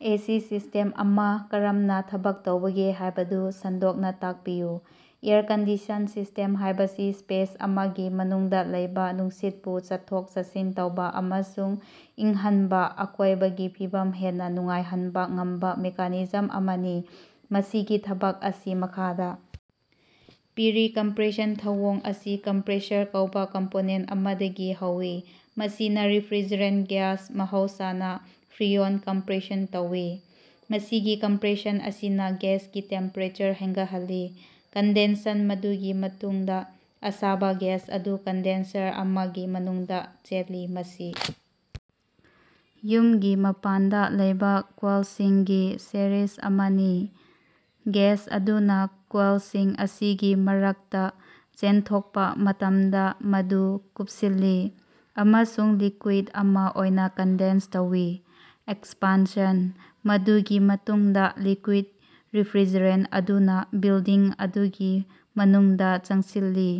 AC system ꯑꯃꯅ ꯀꯔꯝꯅ ꯊꯕꯛ ꯇꯧꯕꯒꯦ ꯍꯥꯏꯕꯗꯨ ꯁꯟꯗꯣꯛꯅ ꯇꯥꯛꯄꯤꯌꯨ꯫ ꯑꯦꯌꯔ ꯀꯟꯗꯤꯁꯟ ꯁꯤꯁ꯭ꯇꯦꯝ ꯍꯥꯏꯕꯁꯤ ꯁ꯭ꯄꯦꯁ ꯑꯃꯒꯤ ꯃꯅꯨꯡꯗ ꯂꯩꯕ ꯅꯨꯡꯁꯤꯠꯄꯨ ꯆꯠꯊꯣꯛ-ꯆꯠꯁꯤꯟ ꯇꯧꯕ ꯑꯃꯁꯨꯡ ꯏꯪꯍꯟꯕ, ꯑꯀꯣꯏꯕꯒꯤ ꯐꯤꯕꯝ ꯍꯦꯟꯅ ꯅꯨꯡꯉꯥꯏꯍꯟꯕ ꯉꯝꯕ ꯃꯦꯀꯥꯅꯤꯖꯝ ꯑꯃꯅꯤ꯫ ꯃꯁꯤꯒꯤ ꯊꯕꯛ ꯑꯁꯤ ꯃꯈꯥꯗ ꯄꯤꯔꯤ ꯀꯝꯄ꯭ꯔꯦꯁꯟ ꯊꯧꯑꯣꯡ ꯑꯁꯤ ꯀꯝꯄ꯭ꯔꯦꯁꯔ ꯀꯧꯕ ꯀꯝꯄꯣꯅꯦꯟꯇ ꯑꯃꯗꯒꯤ ꯍꯧꯏ꯫ ꯃꯁꯤꯅ ꯔꯦꯐ꯭ꯔꯤꯖꯔꯦꯟꯇ ꯒ꯭ꯌꯥꯁ (ꯃꯍꯧꯁꯥꯅ ꯐ꯭ꯔꯤꯑꯣꯟ) ꯀꯝꯄ꯭ꯔꯦꯁꯟ ꯇꯧꯏ꯫ ꯃꯁꯤꯒꯤ ꯀꯝꯄ꯭ꯔꯦꯁꯟ ꯑꯁꯤꯅ ꯒ꯭ꯌꯥꯁꯀꯤ ꯇꯦꯝꯄꯦꯔꯦꯆꯔ ꯍꯦꯟꯒꯠꯍꯜꯂꯤ꯫ ꯀꯟꯗꯦꯟꯁꯟ ꯃꯗꯨꯒꯤ ꯃꯇꯨꯡꯗ ꯑꯁꯥꯕ ꯒ꯭ꯌꯥꯁ ꯑꯗꯨ ꯀꯟꯗꯦꯟꯁꯔ ꯑꯃꯒꯤ ꯃꯅꯨꯡꯗ ꯆꯦꯜꯂꯤ꯫ ꯃꯁꯤ ꯌꯨꯝꯒꯤ ꯃꯄꯥꯟꯗ ꯂꯩꯕ ꯀꯣꯏꯜꯁꯤꯡꯒꯤ ꯁꯦꯔꯤꯖ ꯑꯃꯅꯤ꯫ ꯒ꯭ꯌꯥꯁ ꯑꯗꯨꯅ ꯀꯣꯏꯜꯁꯤꯡ ꯑꯁꯤꯒꯤ ꯃꯔꯛꯇ ꯆꯦꯟꯊꯔꯛꯄ ꯃꯇꯝꯗ ꯃꯗꯨ ꯀꯨꯞꯁꯤꯜꯂꯤ ꯑꯃꯁꯨꯡ ꯂꯤꯀꯨꯏꯗ ꯑꯃ ꯑꯣꯏꯅ ꯀꯟꯗꯦꯟꯁ ꯇꯧꯏ꯫ ꯑꯦꯛꯁꯄꯥꯟꯁꯟ: ꯃꯗꯨꯒꯤ ꯃꯇꯨꯡꯗ ꯂꯤꯀꯨꯏꯗ ꯔꯦꯐ꯭ꯔꯤꯖꯔꯦꯟꯇ ꯑꯗꯨꯅ ꯕꯤꯜꯗꯤꯡ ꯑꯗꯨꯒꯤ ꯃꯅꯨꯡꯗ ꯆꯪꯁꯤꯜꯂꯤ꯫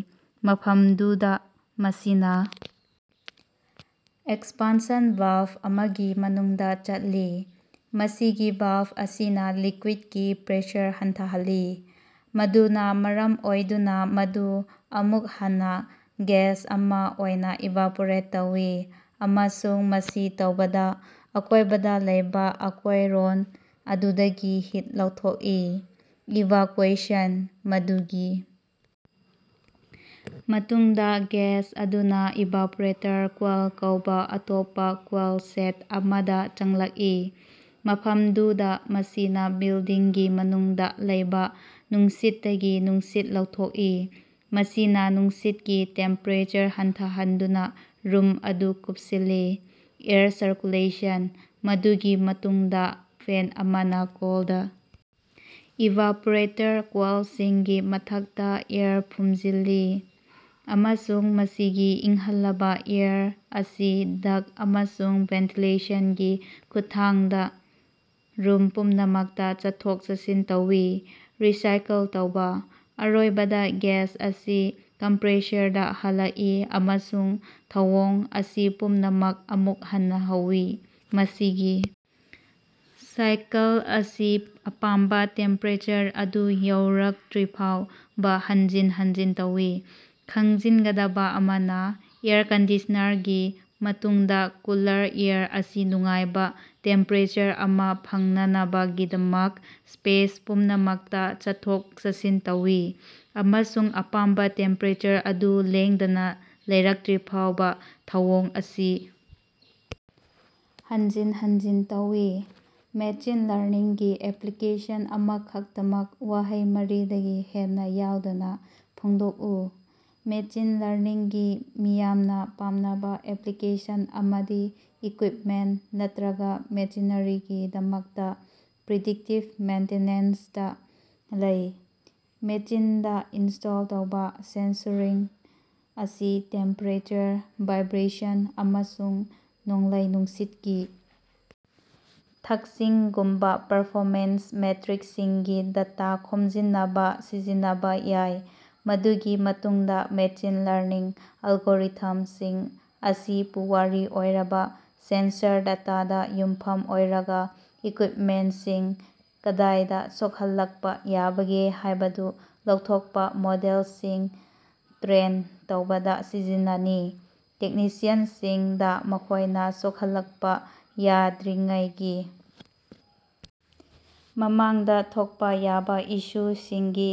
ꯃꯐꯝꯗꯨꯗ ꯃꯁꯤꯅ ꯑꯦꯛꯁꯄꯥꯟꯁꯟ ꯚꯦꯜꯂ꯭ꯌꯨ ꯑꯃꯒꯤ ꯃꯅꯨꯡꯗ ꯆꯠꯂꯤ꯫ ꯃꯁꯤꯒꯤ ꯚꯦꯜꯂ꯭ꯌꯨ ꯑꯁꯤꯅ ꯂꯤꯀꯨꯏꯗꯀꯤ ꯄ꯭ꯔꯦꯁꯔ ꯍꯟꯊꯍꯜꯂꯤ꯫ ꯃꯗꯨꯅ ꯃꯔꯝ ꯑꯣꯏꯗꯨꯅ ꯃꯗꯨ ꯑꯃꯨꯛ ꯍꯟꯅ ꯒ꯭ꯌꯥꯁ ꯑꯃ ꯑꯣꯏꯅ ꯏꯚꯥꯀ꯭ꯌꯨꯑꯦꯠ ꯇꯧꯏ ꯑꯃꯁꯨꯡ ꯃꯁꯤ ꯇꯧꯕꯗ ꯑꯀꯣꯏꯕꯗ ꯂꯩꯕ ꯑꯀꯣꯏꯔꯣꯟ ꯑꯗꯨꯗꯒꯤ ꯍꯤꯠ ꯂꯧꯊꯣꯛꯏ꯫ ꯏꯚꯥꯀ꯭ꯌꯨꯑꯦꯁꯟ: ꯃꯗꯨꯒꯤ ꯃꯇꯨꯡꯗ ꯒ꯭ꯌꯥꯁ ꯑꯗꯨꯅ꯭ ꯏꯚꯥꯀ꯭ꯌꯨꯑꯦꯇꯔ ꯀꯣꯏꯜ ꯀꯧꯕ ꯑꯇꯣꯞꯄ ꯀꯣꯏꯜ ꯁꯦꯠ ꯑꯃꯗ ꯆꯪꯂꯛꯏ꯫ ꯃꯐꯝꯗꯨꯗ ꯃꯁꯤꯅ ꯕꯤꯜꯗꯤꯡꯒꯤ ꯃꯅꯨꯡꯗ ꯂꯩꯕ ꯅꯨꯡꯁꯤꯠꯇꯒꯤ ꯅꯨꯡꯁꯤꯠ ꯂꯧꯊꯣꯛꯏ꯫ ꯃꯁꯤꯅ ꯅꯨꯡꯁꯤꯠꯀꯤ ꯇꯦꯝꯄꯦꯔꯦꯆꯔ ꯍꯟꯊꯍꯟꯗꯨꯅ ꯔꯨꯝ ꯑꯗꯨ ꯀꯨꯞꯁꯤꯜꯂꯤ꯫ ꯑꯦꯌꯔ ꯁꯔꯀ꯭ꯌꯨꯂꯦꯁꯟ: ꯃꯗꯨꯒꯤ ꯃꯇꯨꯡꯗ ꯐꯦꯟ ꯑꯃꯅ ꯀꯣꯜꯗ ꯏꯚꯥꯀ꯭ꯌꯨꯑꯦꯇꯔ ꯀꯣꯏꯜꯁꯤꯡꯒꯤ ꯃꯊꯛꯇ ꯑꯦꯌꯔ ꯐꯨꯝꯖꯤꯜꯂꯤ ꯑꯃꯁꯨꯡ ꯃꯁꯤꯒꯤ ꯏꯪꯍꯜꯂꯕ ꯑꯦꯌꯔ ꯑꯁꯤ ꯗꯛꯇ ꯑꯃꯁꯨꯡ ꯚꯦꯟꯇꯤꯂꯦꯁꯟꯒꯤ ꯈꯨꯠꯊꯥꯡꯗ ꯔꯨꯝ ꯄꯨꯝꯅꯃꯛꯇ ꯆꯠꯊꯣꯛ-ꯆꯠꯁꯤꯟ ꯇꯧꯏ꯫ ꯔꯤꯁꯥꯏꯀꯜ ꯇꯧꯕ: ꯑꯔꯣꯏꯕꯗ ꯒ꯭ꯌꯥꯁ ꯑꯁꯤ ꯀꯝꯄ꯭ꯔꯦꯁꯔꯗ ꯍꯜꯂꯛꯏ ꯑꯃꯁꯨꯡ ꯊꯧꯑꯣꯡ ꯑꯁꯤ ꯄꯨꯝꯅꯃꯛ ꯑꯃꯨꯛ ꯍꯟꯅ ꯍꯧꯏ꯫ ꯃꯁꯤꯒꯤ ꯁꯥꯏꯀꯜ ꯑꯁꯤ ꯑꯄꯥꯝꯕ ꯇꯦꯝꯄꯦꯔꯦꯆꯔ ꯑꯗꯨ ꯌꯧꯔꯛꯇ꯭ꯔꯤꯐꯥꯎꯕ ꯍꯟꯖꯤꯟ -ꯍꯟꯖꯤꯟ ꯇꯧꯏ꯫ ꯈꯪꯖꯤꯟꯒꯗꯕ ꯑꯃꯅ, ꯑꯦꯌꯔ ꯀꯟꯗꯤꯁꯟꯅꯔꯒꯤ ꯃꯇꯨꯡꯗ ꯀꯨꯂꯔ ꯑꯦꯌꯔ ꯑꯁꯤ ꯅꯨꯡꯉꯥꯏꯕ ꯇꯦꯝꯄꯦꯔꯦꯆꯔ ꯑꯃ ꯐꯪꯅꯕꯒꯤꯗꯃꯛ ꯁ꯭ꯄꯦꯁ ꯄꯨꯝꯅꯃꯛꯇ ꯆꯠꯊꯣꯛ-ꯆꯠꯁꯤꯟ ꯇꯧꯏ ꯑꯃꯁꯨꯡ ꯑꯄꯥꯝꯕ ꯇꯦꯝꯄꯦꯔꯦꯆꯔ ꯑꯗꯨ ꯂꯦꯡꯗꯅ ꯂꯩꯔꯛꯇ꯭ꯔꯤꯐꯥꯎꯕ ꯊꯧꯑꯣꯡ ꯑꯁꯤ ꯍꯟꯖꯤꯟ -ꯍꯟꯖꯤꯟ ꯇꯧꯏ꯫ ꯃꯦꯁꯤꯟ ꯂꯔꯅꯤꯡꯒꯤ ꯑꯦꯞꯂꯤꯀꯦꯁꯟ ꯑꯃꯈꯛꯇꯃꯛ ꯋꯥꯍꯩ ꯃꯔꯤꯗꯒꯤ ꯍꯦꯟꯅ ꯌꯥꯎꯗꯅ ꯐꯣꯡꯗꯣꯛꯎ꯫ ꯃꯦꯁꯤꯟ ꯂꯔꯅꯤꯡꯒꯤ ꯃꯤꯌꯥꯝꯅ ꯄꯥꯝꯅꯕ ꯑꯦꯄ꯭ꯂꯤꯀꯦꯁꯟ ꯑꯃꯗꯤ ꯏꯛꯕꯤꯄꯃꯦꯟꯇ ꯅꯠꯇ꯭ꯔꯒ ꯃꯦꯁꯤꯅꯔꯤꯒꯤꯗꯃꯛꯇ ꯄ꯭ꯔꯤꯗꯤꯛꯇꯤꯚ ꯃꯦꯟꯇꯦꯅꯦꯟꯁꯇ ꯂꯩ꯫ ꯃꯦꯁꯤꯟꯁꯤꯡꯗ ꯏꯟꯁ꯭ꯇꯣꯜ ꯇꯧꯕ ꯁꯦꯟꯁꯔꯁꯤꯡ ꯑꯁꯤ ꯇꯦꯝꯄꯦꯔꯦꯆꯔ, ꯚꯥꯏꯕ꯭ꯔꯦꯁꯟ ꯑꯃꯁꯨꯡ ꯅꯣꯡꯂꯩ-ꯅꯨꯡꯁꯤꯠꯀꯤ ꯊꯥꯛꯁꯤꯡꯒꯨꯝꯕ ꯄꯔꯐꯣꯃꯦꯟꯁ ꯃꯦꯇ꯭ꯔꯤꯛꯁꯤꯡꯒꯤ ꯗꯦꯇꯥ ꯈꯣꯝꯖꯤꯟꯅꯕ ꯁꯤꯖꯤꯟꯅꯕ ꯌꯥꯏ꯫ ꯃꯗꯨꯒꯤ ꯃꯇꯨꯡꯗ ꯃꯦꯁꯤꯟ ꯂꯔꯅꯤꯡ ꯑꯜꯒꯣꯔꯤꯊꯝꯁꯤꯡ ꯑꯁꯤ ꯄꯨꯋꯥꯔꯤ ꯑꯣꯏꯔꯕ ꯁꯦꯟꯁꯔ ꯗꯦꯇꯥꯗ ꯌꯨꯝꯐꯝ ꯑꯣꯏꯔꯒ ꯏꯛꯕꯤꯄꯃꯦꯟꯇꯁꯤꯡ ꯀꯗꯥꯏꯗ ꯁꯣꯛꯍꯜꯂꯛꯄ ꯌꯥꯕꯒꯦ ꯍꯥꯏꯕꯗꯨ ꯂꯥꯎꯊꯣꯛꯄ ꯃꯣꯗꯦꯜꯁꯤꯡ ꯇ꯭ꯔꯦꯟ ꯇꯧꯕꯗ ꯁꯤꯖꯤꯟꯅꯩ꯫ ꯇꯦꯛꯅꯤꯁꯤꯌꯟꯁꯤꯡꯗ ꯃꯈꯣꯏꯅ ꯁꯣꯛꯍꯜꯂꯛꯄ ꯌꯥꯗ꯭ꯔꯤꯉꯩꯒꯤ ꯃꯃꯥꯡꯗ ꯊꯣꯛꯄ ꯌꯥꯕ ꯏꯁꯨꯁꯤꯡꯒꯤ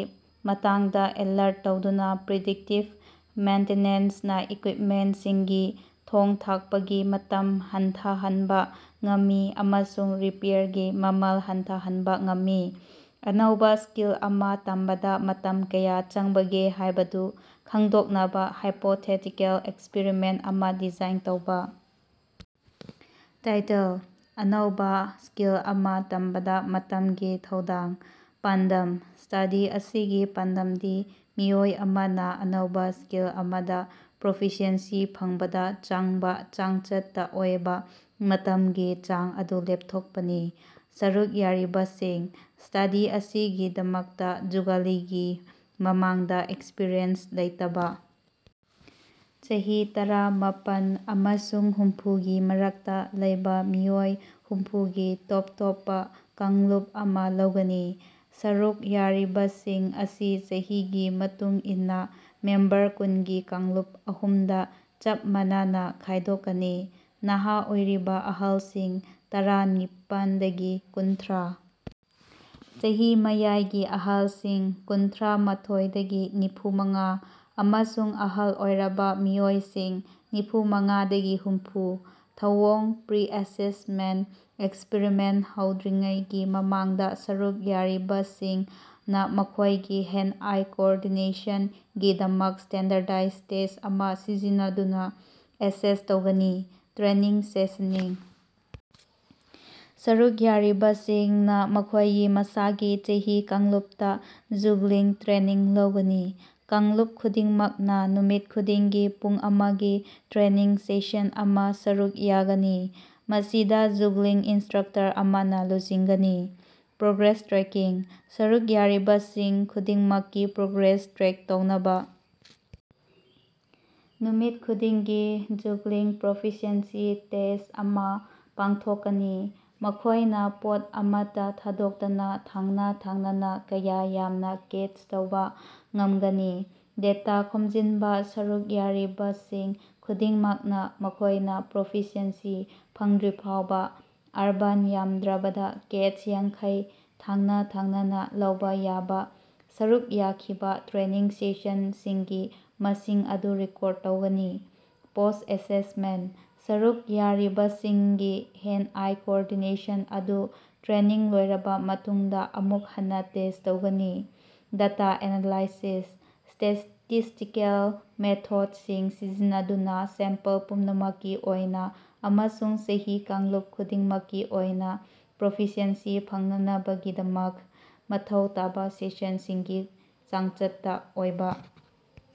ꯃꯇꯥꯡꯗ ꯑꯦꯂꯔꯠ ꯇꯧꯗꯨꯅ ꯄ꯭ꯔꯤꯗꯤꯛꯇꯤꯚ ꯃꯦꯟꯇꯤꯅꯦꯟꯁꯅ ꯏꯀ꯭ꯌꯨꯏꯞꯃꯦꯟꯇꯁꯤꯡꯒꯤ ꯊꯣꯡ-ꯊꯥꯛꯄꯒꯤ ꯃꯇꯝ ꯍꯟꯊꯍꯟꯕ ꯉꯝꯃꯤ ꯑꯃꯁꯨꯡ ꯔꯤꯄꯦꯌꯔꯒꯤ ꯃꯃꯜ ꯍꯟꯊꯍꯟꯕ ꯉꯝꯃꯤ꯫ ꯑꯅꯧꯕ ꯁ꯭ꯀꯤꯜ ꯑꯃ ꯇꯝꯕꯗ ꯃꯇꯝ ꯀꯌꯥ ꯆꯪꯕꯒꯦ ꯍꯥꯏꯕꯗꯨ ꯈꯪꯗꯣꯛꯅꯕ ꯍꯥꯏꯄꯣꯊꯦꯇꯤꯀꯜ ꯑꯦꯛꯁꯄꯤꯔꯤꯃꯦꯟꯇ ꯑꯃ ꯗꯤꯖꯥꯏꯟ ꯇꯧꯕ- ꯇꯥꯏꯇꯜ ꯑꯅꯧꯕ ꯁ꯭ꯀꯤꯜ ꯑꯃ ꯇꯝꯕꯗ ꯃꯇꯝꯒꯤ ꯊꯧꯗꯥꯡ ꯄꯥꯟꯗꯝ: ꯁ꯭ꯇꯗꯤ ꯑꯁꯤꯒꯤ ꯄꯥꯟꯗꯝꯗꯤ ꯃꯤꯑꯣꯏ ꯑꯃꯅ ꯑꯅꯧꯕ ꯁ꯭ꯀꯤꯜ ꯑꯃꯗ ꯄ꯭ꯔꯣꯐꯤꯁꯤꯑꯦꯟꯁꯤ ꯐꯪꯕꯗ ꯆꯪꯕ ꯆꯥꯡꯆꯠꯇ ꯑꯣꯏꯕ ꯃꯇꯝꯒꯤ ꯆꯥꯡ ꯑꯗꯨ ꯂꯦꯞꯊꯣꯛꯄꯅꯤ꯫ ꯁꯔꯨꯛ ꯌꯥꯔꯤꯕꯁꯤꯡ: ꯁ꯭ꯇꯗꯤ ꯑꯁꯤꯒꯤꯗꯃꯛꯇ ꯖꯨꯒꯂꯤꯡꯒꯤ ꯃꯃꯥꯡꯗ ꯑꯦꯛꯁꯄꯤꯔꯤꯌꯦꯟꯁ ꯂꯩꯇꯕ ꯆꯍꯤ ꯇꯔꯥ ꯃꯥꯄꯟ ꯑꯃꯁꯨꯡ ꯍꯨꯝꯐꯨꯒꯤ ꯃꯔꯛꯇ ꯂꯩꯕ ꯃꯤꯑꯣꯏ ꯍꯨꯝꯐꯨꯒꯤ ꯇꯣꯞ -ꯇꯣꯞꯄ ꯀꯥꯡꯂꯨꯞ ꯑꯃ ꯂꯧꯒꯅꯤ꯫ ꯁꯔꯨꯛ ꯌꯥꯔꯤꯕꯁꯤꯡ ꯑꯁꯤ ꯆꯍꯤꯒꯤ ꯃꯇꯨꯡ ꯏꯟꯅ ꯃꯦꯝꯕꯔ ꯀꯨꯟꯒꯤ ꯀꯥꯡꯂꯨꯞ ꯑꯍꯨꯝꯗ ꯆꯞ ꯃꯥꯟꯅꯅ ꯈꯥꯏꯗꯣꯛꯀꯅꯤ꯫ ꯅꯍꯥ ꯑꯣꯏꯔꯤꯕ ꯑꯍꯜꯁꯤꯡ (ꯇꯔꯥ ꯅꯤꯄꯥꯟꯗꯒꯤ ꯀꯨꯟꯊ꯭ꯔꯥ), ꯆꯍꯤ ꯃꯌꯥꯏꯒꯤ ꯑꯍꯜꯁꯤꯡ (ꯀꯨꯟꯊ꯭ꯔꯥ ꯃꯊꯣꯏꯗꯒꯤ ꯅꯤꯐꯨ ꯃꯉꯥ), ꯑꯃꯁꯨꯡ ꯑꯍꯜ ꯑꯣꯏꯔꯕ ꯃꯤꯑꯣꯏꯁꯤꯡ (ꯅꯤꯐꯨ ꯃꯉꯥꯗꯒꯤ ꯍꯨꯝꯐꯨ)꯫ ꯊꯧꯑꯣꯡ ꯄ꯭ꯔꯤ-ꯑꯦꯁꯦꯁꯃꯦꯟꯇ ꯑꯦꯛꯁꯄꯤꯔꯤꯃꯦꯟꯇ ꯍꯧꯗ꯭ꯔꯤꯉꯩꯒꯤ ꯃꯃꯥꯡꯗ ꯁꯔꯨꯛ ꯌꯥꯔꯤꯕꯁꯤꯡꯅ ꯃꯈꯣꯏꯒꯤ ꯍꯦꯟꯗ-ꯑꯥꯏ ꯀꯣꯑꯣꯔꯗꯤꯅꯦꯁꯟꯒꯤꯗꯃꯛ ꯁ꯭ꯇꯦꯟꯗꯔꯗꯥꯏꯖ ꯇꯧꯔꯕ ꯇꯦꯁ꯭ꯠ ꯑꯃ ꯁꯤꯖꯤꯟꯅꯗꯨꯅ ꯑꯦꯁꯦꯁ ꯇꯧꯒꯅꯤ꯫ ꯇ꯭ꯔꯦꯅꯤꯡ ꯁꯦꯁꯟꯁꯤꯡ ꯁꯔꯨꯛ ꯌꯥꯔꯤꯕꯁꯤꯡꯅ ꯃꯈꯣꯏꯒꯤ ꯃꯁꯥꯒꯤ ꯆꯍꯤ ꯀꯥꯡꯂꯨꯞꯇ ꯖꯨꯒꯂꯤꯡ ꯇ꯭ꯔꯦꯅꯤꯡ ꯂꯧꯒꯅꯤ꯫ ꯀꯥꯡꯂꯨꯞ ꯈꯨꯗꯤꯡꯃꯛꯅ ꯅꯨꯃꯤꯠ ꯈꯨꯗꯤꯡꯒꯤ ꯄꯨꯡ ꯑꯃꯒꯤ ꯇ꯭ꯔꯦꯅꯤꯡ ꯁꯦꯁꯟ ꯑꯃ ꯁꯔꯨꯛ ꯌꯥꯒꯅꯤ꯫ ꯃꯁꯤꯗ ꯖꯨꯒꯂꯤꯡ ꯏꯟꯁꯇ꯭ꯔꯛꯇꯔ ꯑꯃꯅ ꯂꯨꯆꯤꯡꯒꯅꯤ꯫ ꯄ꯭ꯔꯣꯒ꯭ꯔꯦꯁ ꯇ꯭ꯔꯦꯀꯤꯡ: ꯁꯔꯨꯛ ꯌꯥꯔꯤꯕꯁꯤꯡ ꯈꯨꯗꯤꯡꯃꯛꯀꯤ ꯄ꯭ꯔꯣꯒ꯭ꯔꯦꯁ ꯇ꯭ꯔꯦꯛ ꯇꯧꯅꯕ ꯅꯨꯃꯤꯠ ꯈꯨꯗꯤꯡꯒꯤ ꯖꯨꯒꯂꯤꯡ ꯄ꯭ꯔꯣꯐꯤꯁꯤꯑꯦꯟꯁꯤ ꯇꯦꯁ꯭ꯠ ꯑꯃ ꯄꯥꯡꯊꯣꯛꯀꯅꯤ꯫ ꯃꯈꯣꯏꯅ ꯄꯣꯠ ꯑꯃꯠꯇ ꯊꯥꯗꯣꯛꯇꯅ ꯊꯪꯅ-ꯊꯪꯅꯅ ꯀꯌꯥ ꯌꯥꯝꯅ ꯀꯦꯆ ꯇꯧꯕ ꯉꯝꯒꯅꯤ꯫ ꯗꯦꯇꯥ ꯈꯣꯝꯖꯤꯟꯕ ꯁꯔꯨꯛ ꯌꯥꯔꯤꯕꯁꯤꯡ ꯈꯨꯗꯤꯡꯃꯛꯅ ꯃꯈꯣꯏꯅ ꯄ꯭ꯔꯣꯐꯤꯁꯤꯑꯦꯟꯁꯤ ꯐꯪꯗ꯭ꯔꯤꯐꯥꯎꯕ (ꯑꯔꯕꯥꯟ, ꯌꯥꯝꯗ꯭ꯔꯕꯗ ꯀꯦꯆ ꯌꯥꯡꯈꯩ ꯊꯪꯅ-ꯊꯪꯅꯅ ꯂꯧꯕ ꯌꯥꯕ) ꯁꯔꯨꯛ ꯌꯥꯈꯤꯕ ꯇ꯭ꯔꯦꯅꯤꯡ ꯁꯦꯁꯟꯁꯤꯡꯒꯤ ꯃꯁꯤꯡ ꯑꯗꯨ ꯔꯦꯀꯣꯔꯗ ꯇꯧꯒꯅꯤ꯫ ꯄꯣꯁ꯭ꯠ-ꯑꯦꯁꯦꯁꯃꯦꯟꯇ: ꯁꯔꯨꯛ ꯌꯥꯔꯤꯕꯁꯤꯡꯒꯤ ꯍꯦꯟꯗ-ꯑꯥꯏ ꯀꯣꯑꯣꯔꯗꯤꯅꯦꯁꯟ ꯑꯗꯨ ꯇ꯭ꯔꯦꯅꯤꯡ ꯂꯣꯏꯔꯕ ꯃꯇꯨꯡꯗ ꯑꯃꯨꯛ ꯍꯟꯅ ꯇꯦꯁ꯭ꯠ ꯇꯧꯒꯅꯤ꯫ ꯗꯦꯇꯥ ꯑꯦꯅꯂꯥꯏꯁꯤꯁ: ꯁ꯭ꯇꯦꯇꯤꯁ꯭ꯇꯤꯀꯦꯜ ꯃꯦꯊꯗꯁꯤꯡ ꯁꯤꯖꯤꯟꯅꯗꯨꯅ ꯁꯦꯝꯄꯜ ꯄꯨꯝꯅꯃꯛꯀꯤ ꯑꯣꯏꯅ ꯑꯃꯁꯨꯡ ꯆꯍꯤ ꯀꯥꯡꯂꯨꯞ ꯈꯨꯗꯤꯡꯃꯛꯀꯤ ꯑꯣꯏꯅ ꯄ꯭ꯔꯣꯐꯤꯁꯤꯑꯦꯟꯁꯤ ꯐꯪꯅꯕꯒꯤꯗꯃꯛꯇ ꯃꯊꯧ ꯇꯥꯕ ꯁꯦꯁꯟꯁꯤꯡꯒꯤ ꯆꯥꯡꯆꯠꯇ ꯑꯣꯏꯕ